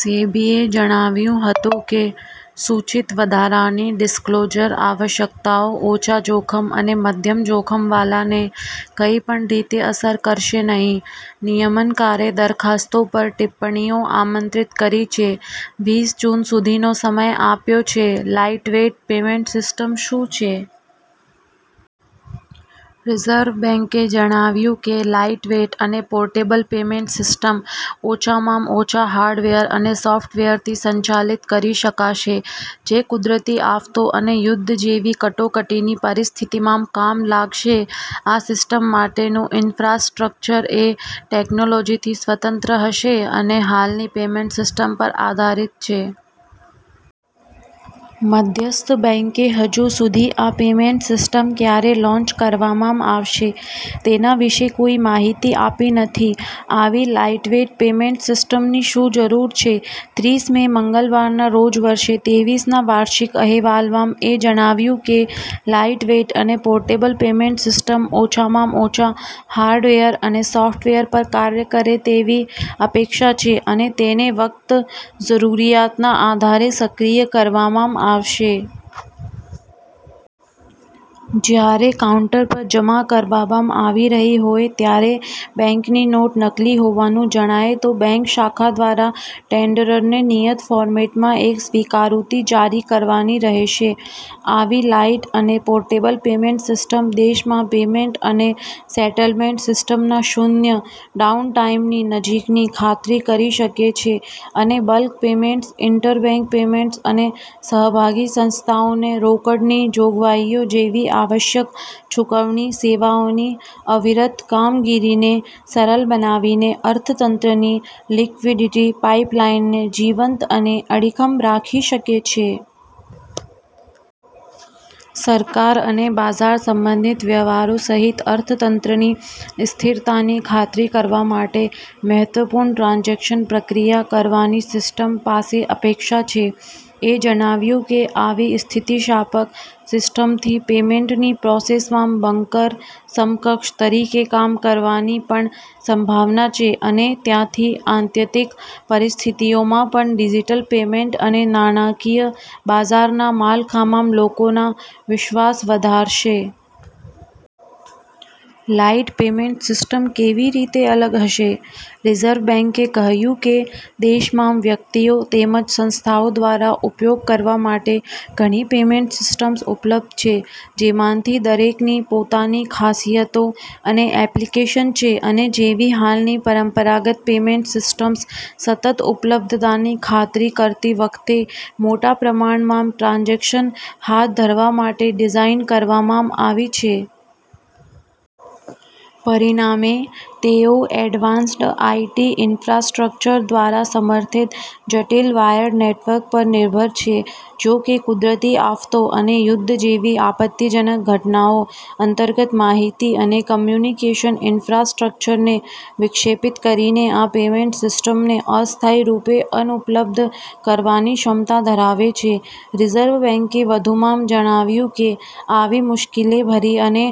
સેબીએ જણાવ્યું હતું કે સૂચિત વધારાની ડિસ્ક્લોઝર આવશ્યકતાઓ ઓછા-જોખમ અને મધ્યમ-જોખમવાળા ને કોઈપણ રીતે અસર કરશે નહીં. નિયમનકારે દરખાસ્તો પર ટિપ્પણીઓ આમંત્રિત કરી છે, વીસ જૂન સુધીનો સમય આપ્યો છે. લાઇટવેઇટ પેમેન્ટ સિસ્ટમ શું છે? રિઝર્વ બેંકે જણાવ્યું કે, લાઇટવેઇટ અને પોર્ટેબલ પેમેન્ટ સિસ્ટમ ઓછામાં ઓછા હાર્ડવેર અને સોફ્ટવેરથી સંચાલિત કરી શકાશે, જે કુદરતી આફતો અને યુદ્ધ જેવી કટોકટીની પરિસ્થિતિમાં કામ લાગશે. આ સિસ્ટમ માટેનું ઈન્ફ્રાસ્ટ્રક્ચર એ ટેકનોલોજીથી સ્વતંત્ર હશે જે હાલની પેમેન્ટ સિસ્ટમ પર આધારિત છે. મધ્યસ્થ બેંકે હજુ સુધી આ પેમેન્ટ સિસ્ટમ ક્યારે લોન્ચ કરવામાં આવશે તેના વિશે કોઇ માહિતી આપી નથી. આવી લાઇટવેઇટ પેમેન્ટ સિસ્ટમની શું જરૂર છે? ત્રીસ મે, મંગળવારના રોજ વર્ષ ત્રેવીસના વાર્ષિક અહેવાલમાં એ જણાવ્યું કે, લાઇટવેઇટ અને પોર્ટેબલ પેમેન્ટ સિસ્ટમ ઓછામાં ઓછા હાર્ડવેર અને સૉફ્ટવેર પર કાર્ય કરે તેવી અપેક્ષા છે અને તેને ફક્ત "જરૂરિયાતના આધારે" સક્રિય કરવામાં આવશે. જ્યારે કાઉન્ટર પર જમા કરવામાં આવી રહી હોય ત્યારે બેંકની નોટ નકલી હોવાનું જણાય તો બેંક શાખા દ્વારા ટેન્ડરરને નિયત ફોર્મેટમાં એક સ્વીકૃતિ જારી કરવાની રહેશે. "આવી લાઇટ અને પોર્ટેબલ પેમેન્ટ સિસ્ટમ દેશમાં પેમેન્ટ અને સેટલમેન્ટ સિસ્ટમના શૂન્ય ડાઉનટાઇમની નજીકની ખાતરી કરી શકે છે અને બલ્ક પેમેન્ટ્સ, ઇન્ટરબેંક પેમેન્ટ્સ અને સહભાગી સંસ્થાઓને રોકડની જોગવાઈઓ જેવી આવશ્યક ચુકવણી સેવાઓની અવિરત કામગીરીને સરળ બનાવીને અર્થતંત્રની લિક્વિડિટી પાઇપલાઇનને જીવંત અને અડીખમ રાખી શકે છે. સરકાર અને બજાર સંબંધિત વ્યવહારો સહિત અર્થતંત્રની સ્થિરતાની ખાતરી કરવા માટે મહત્વપૂર્ણ ટ્રાન્ઝેક્શન પ્રક્રિયા કરવાની સિસ્ટમ પાસે અપેક્ષા છે. એ જણાવ્યું કે, "આવી સ્થિતિસ્થાપક સિસ્ટમથી પેમેન્ટની પ્રોસેસમાં બંકર સમકક્ષ તરીકે કામ કરવાની પણ સંભાવના છે અને ત્યાંથી આત્યંતિક પરિસ્થિતિઓમાં પણ ડિજિટલ પેમેન્ટ અને નાણાકીય બજારના માળખામાં લોકોનો વિશ્વાસ વધારશે. " લાઇટ પેમેન્ટ સિસ્ટમ કેવી રીતે અલગ હશે? રિઝર્વ બેંકે કહ્યું કે, દેશમાં વ્યક્તિઓ તેમજ સંસ્થાઓ દ્વારા ઉપયોગ કરવા માટે ઘણી પેમેન્ટ સિસ્ટમ્સ ઉપલબ્ધ છે, જેમાંથી દરેકની પોતાની ખાસિયતો અને એપ્લિકેશન છે અને જેવી હાલની પરંપરાગત પેમેન્ટ સિસ્ટમ્સ સતત ઉપલબ્ધતાની ખાતરી કરતી વખતે મોટા પ્રમાણમાં ટ્રાન્ઝેક્શન હાથ ધરવા માટે ડિઝાઇન કરવામાં આવી છે. પરિણામે, તેઓ એડવાન્સ્ડ આઇટી ઇન્ફ્રાસ્ટ્રક્ચર દ્વારા સમર્થિત જટિલ વાયર્ડ નેટવર્ક્સ પર નિર્ભર છે. "જો કે, કુદરતી આફતો અને યુદ્ધ જેવી આપત્તિજનક ઘટનાઓ અંતર્ગત માહિતી અને કોમ્યુનિકેશન ઇન્ફ્રાસ્ટ્રક્ચરને વિક્ષેપિત કરીને આ પેમેન્ટ સિસ્ટમને અસ્થાયી રૂપે અનુપલબ્ધ કરવાની ક્ષમતા ધરાવે છે," રિઝર્વ બેંકે વધુમાં જણાવ્યું કે, આવી મુશ્કેલીભરી અને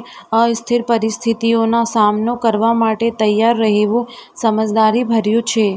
અસ્થિર પરિસ્થિતિઓનો સામનો કરવા માટે તૈયાર રહેવું સમજદારીભર્યું છે.